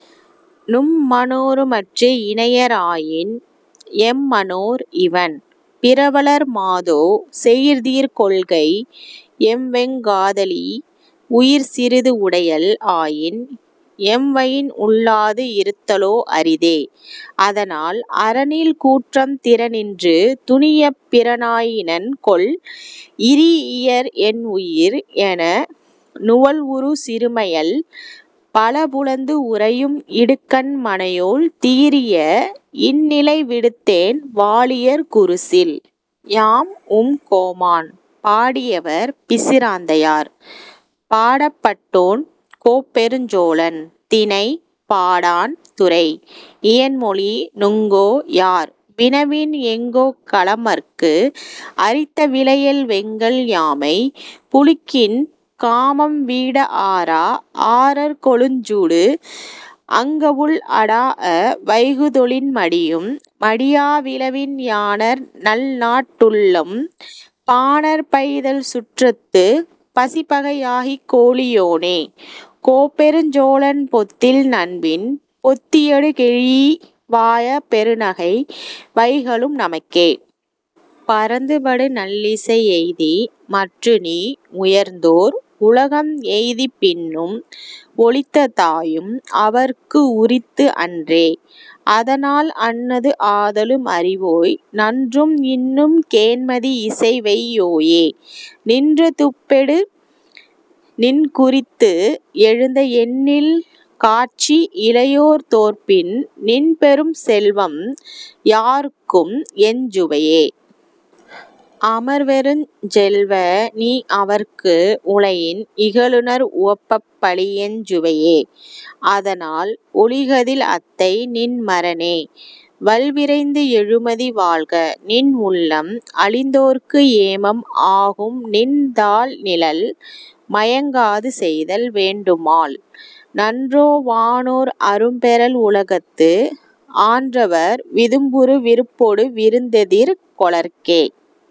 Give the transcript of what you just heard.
நும்ம னோரும்மற்று இனையர் ஆயின், எம்மனோர் இவண் பிறவலர் மாதோ; செயிர்தீர் கொள்கை எம்வெங் காதலி உயிர்சிறிது உடையள் ஆயின், எம்வயின் உள்ளாது இருத்தலோ அரிதே; அதனால், அறனில் கூற்றம் திறனின்று துணியப் பிறனா யினன்கொல்? இறீஇயர், என் உயிர்! என நுவல்வுறு சிறுமையள் பலபுலந்து உறையும் இடுக்கண் மனையோள் தீரிய, இந்நிலை விடுத்தேன்; வாழியர், குருசில்! யாம் உம் கோமான்? பாடியவர்: பிசிராந்தையார். பாடப்பட்டோன்: கோப்பெருஞ் சோழன் திணை: பாடாண்: துறை: இயன்மொழி. நுங்கோ யார்? வினவின், எங்கோக் களமர்க்கு அரித்த விளையல் வெங்கள் யாமைப் புழுக்கின் காமம் வீடஆரா, ஆரற் கொழுஞ்சூடு அங்கவுள் அடாஅ, வைகுதொழின் மடியும் மடியா விழவின் யாணர் நல்நாட் டுள்ளும், பாணர் பைதல் சுற்றத்துப் பசிப்பகை யாகிக், கோழி யோனே, கோப்பெருஞ் சோழன் பொத்தில் நண்பின் பொத்தியடு கெழீஇ, வாயார் பெருநகை வைகலும் நமக்கே.. பரந்துபடு நல்லிசை எய்தி, மற்று நீ உயர்ந்தோர் உலகம் எய்திப்; பின்னும் ஒழித்த தாயும் அவர்க்குஉரித்து அன்றே; அதனால், அன்னது ஆதலும் அறிவோய்! நன்றும் இன்னும் கேண்மதி, இசைவெய் யோயே! நின்ற துப்பொடு நின்குறித்து எழுந்த எண்ணில் காட்சி இளையோர் தோற்பின், நின்பெரும் செல்வம் யார்க்கும்எஞ் சுவையே? அமர்வெருஞ் செல்வ! நீ அவர்க்கு உலையின், இகழுநர் உவப்பப், பழியெஞ் சுவையே; அதனால், ஒழிகதில் அத்தை, நின் மறனே! வல்விரைந்து எழுமதி; வாழ்க, நின் உள்ளம்! அழிந்தோர்க்கு ஏமம் ஆகும்நின் தாள்நிழல் மயங்காது செய்தல் வேண்டுமால். நன்றோ வானோர் அரும்பெறல் உலகத்து ஆன்றவர் விதும்புறு விருப்பொடு விருந்தெதிர் கொளற்கே..